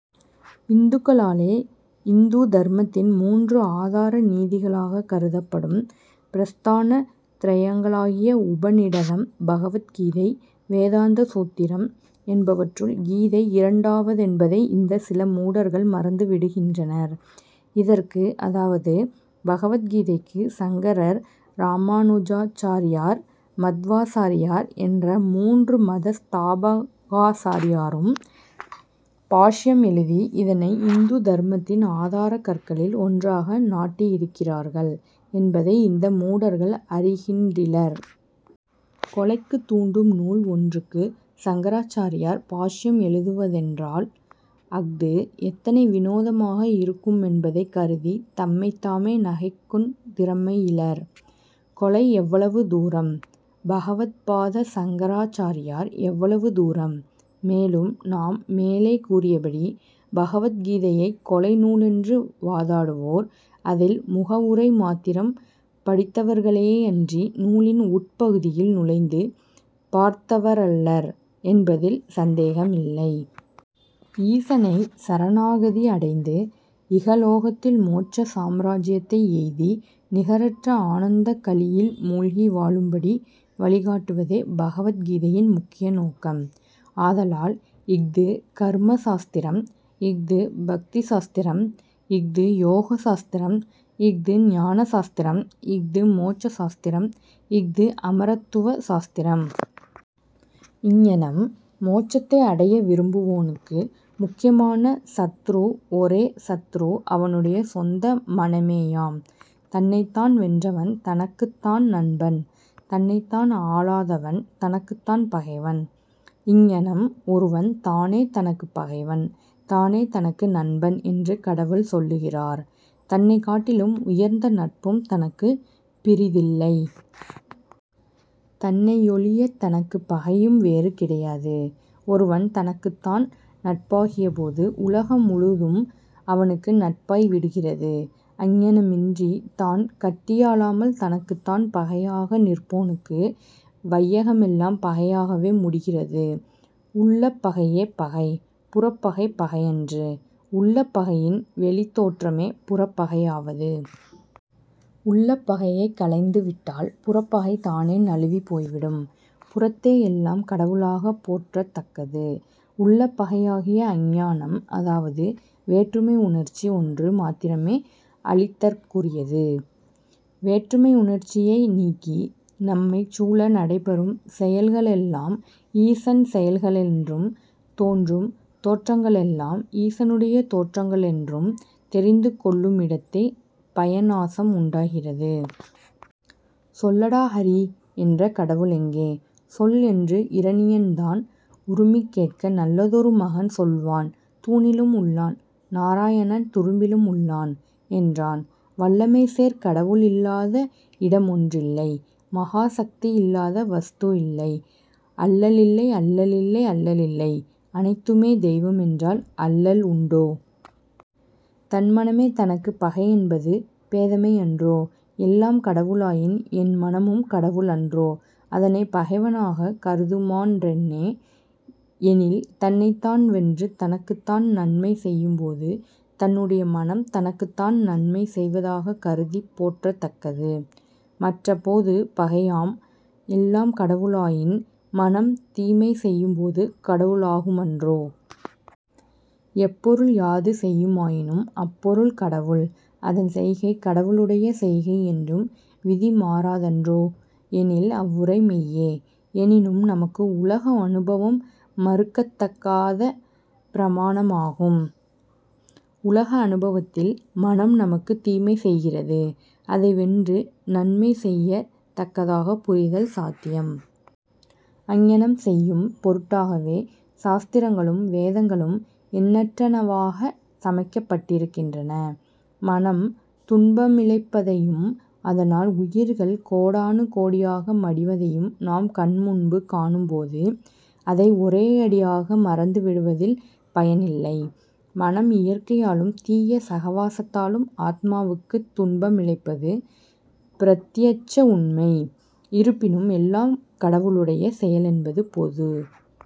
இந்துக்களாலே இந்து தர்மத்தின் மூன்று ஆதார நீதிகளாகக் கருதப்படும் பிரஸ்தான த்ரயங்களாகிய உபநிடதம், பகவத் கீதை, வேதாந்த சூத்திரம் என்பவற்றுள் கீதை இரண்டாவதென்பதை இந்தச் சில மூடர்கள் மறந்து விடுகின்றனர். இதற்கு அதாவது, பகவத் கீதைக்கு சங்கரர், ராமானுஜாசாரியார், மத்வாசாரியார் என்ற மூன்று மத ஸ்தாபகாசாரியரும் பாஷ்யம் எழுதி, இதனை இந்து தர்மத்தின் ஆதாரக் கற்களில் ஒன்றாக நாட்டியிருக்கிறார்கள் என்பதை இந்த மூடர்கள் அறிகின்றிலர். கொலைக்குத் தூண்டும் நூல் ஒன்றுக்கு சங்கராச்சாரியார் பாஷ்யம் எழுதுவதென்றால், அஃது எத்தனை வினோதமாக இருக்குமென்பதைக் கருதித் தம்மைத் தாமே நகைக்குந் திறமையிலர். கொலை எவ்வளவு தூரம்! பகவத்பாத சங்கராசாரியார் எவ்வளவு தூரம்! மேலும், நாம் மேலே கூறியபடி, பகவத் கீதையைக் கொலை நூலென்று வாதாடுவோர், அதில் முகவுரை மாத்திரம் படித்தவர்களேயன்றி, நூலின் உட்பகுதியில் நுழைந்து பார்த்தவரல்லர் என்பதில் சந்தேகமில்லை. ஈசனைச் சரணாகதி அடைந்து இகலோகத்தில் மோட்ச சாம்ராஜ்யத்தை எய்தி நிகரற்ற ஆனந்தக் களியில் மூழ்கி வாழும்படி வழிகாட்டுவதே, பகவத் கீதையின் முக்கிய நோக்கம். ஆதலால் இஃது கர்ம சாஸ்திரம், இஃது பக்தி சாஸ்திரம், இஃது யோக சாஸ்திரம், இஃது ஞான சாஸ்திரம், இஃது மோட்ச சாஸ்திரம், இஃது அமரத்துவ சாஸ்திரம். இங்ஙனம் மோட்சத்தை அடைய விரும்புவோனுக்கு முக்கியமான சத்துரு ஒரே சத்துரு அவனுடைய சொந்த மனமேயாம். தன்னைத்தான் வென்றவன் தனக்குத் தான் நண்பன், தன்னைத்தான் ஆளாதவன் தனக்குத் தான் பகைவன். இங்ஙனம் ஒருவன் தானே தனக்குப் பகைவன், தானே தனக்கு நண்பன் என்று கடவுள் சொல்லுகிறார். தன்னைக் காட்டிலும் உயர்ந்த நட்பும் தனக்குப் பிறிதில்லை. தன்னையொழியத் தனக்குப் பகையும் வேறு கிடையாது. ஒருவன் தனக்குத்தான் நட்பாகியபோது, உலக முழுதும் அவனுக்கு நட்பாய் விடுகிறது. அங்ஙனமின்றித் தான் கட்டியாளாமல் தனக்குத் தான் பகையாக நிற்போனுக்கு வையகமெல்லாம் பகையாகவே முடிகிறது. உள்ளப் பகையே பகை, புறப் பகை பகையன்று. உள்ளப் பகையின் வெளித் தோற்றமே புறப் பகையாவது. உள்ளப் பகையைக் களைந்து விட்டால், புறப்பகை தானே நழுவிப் போய்விடும். புறத்தே எல்லாம் கடவுளாகப் போற்றத் தக்கது. உள்ளப் பகையாகிய அஞ்ஞானம் அதாவது வேற்றுமை உணர்ச்சி ஒன்று மாத்திரமே அழித்தற்குரியது. வேற்றுமையுணர்ச்சியை நீக்கி, நம்மைச் சூழ நடைபெறும் செயல்களெல்லாம் ஈசன் செயல்களென்றும், தோன்றும் தோற்றங்களெல்லாம் ஈசனுடைய தோற்றங்களென்றும் தெரிந்து கொள்ளுமிடத்தே பய நாசம் உண்டாகிறது. சொல்லடா ஹரி என்ற கடவுளெங்கே? சொல் என்று இரணியன் தான் உறுமிக்கேட்க நல்லதொரு மகன் சொல்வான் தூணிலும் உள்ளான், நாராயணன் துரும்பிலும் உள்ளான் என்றான். வல்லமை சேர் கடவுள் இல்லாத இடமொன்றில்லை, மகா சக்தி இல்லாத வஸ்து இல்லை. அல்லலில்லை, அல்லலில்லை, அல்லலில்லை, அனைத்துமே தெய்வம் என்றால் அல்லல் உண்டோ? தன் மனமே தனக்குப் பகையென்பது பேதைமையன்றோ? எல்லாம் கடவுளாயின், என் மனமும் கடவுள் அன்றோ? அதனைப் பகைவனாகக் கருதுமாறென்னே? எனில் தன்னைத்தான் வென்று தனக்குத்தான் நன்மை செய்யும்போது, தன்னுடைய மனம் தனக்குத்தான் நன்மை செய்வதாகக் கருதிப் போற்றத் தக்கது. மற்றப் போது பகையாம். எல்லாம் கடவுளாயின், மனம் தீமை செய்யும்போது கடவுளாகுமன்றோ? எப்பொருள் யாது செய்யுமாயினும் அப்பொருள் கடவுள், அதன் செய்கை கடவுளுடைய செய்கை என்றும், விதி மாறாதன்றோ? எனில் அவ்வுரை மெய்யே. எனினும், நமக்கு உலக அனுபவம் மறுக்கத்தகாத பிரமாணமாகும். உலக அனுபவத்தில் மனம் நமக்குத் தீமை செய்கிறது. அதை வென்று நன்மை செய்யத் தக்கதாகப் புரிதல் சாத்தியம். அங்ஙனம் செய்யும் பொருட்டாகவே, சாஸ்திரங்களும், வேதங்களும் எண்ணற்றனவாகச் சமைக்கப் பட்டிருக்கின்றன. மனம் துன்பமிழைப்பதையும், அதனால் உயிர்கள் கோடானு கோடியாக மடிவதையும் நாம் கண் முன்பு காணும்போது, அதை ஒரேயடியாக மறந்து விடுவதில் பயனில்லை. மனம் இயற்கையாலும், தீய சகவாசத்தாலும் ஆத்மாவுக்குத் துன்பமிழைப்பது பிரத்தியட்ச உண்மை. இருப்பினும் எல்லாம் கடவுளுடைய செயலென்பது பொது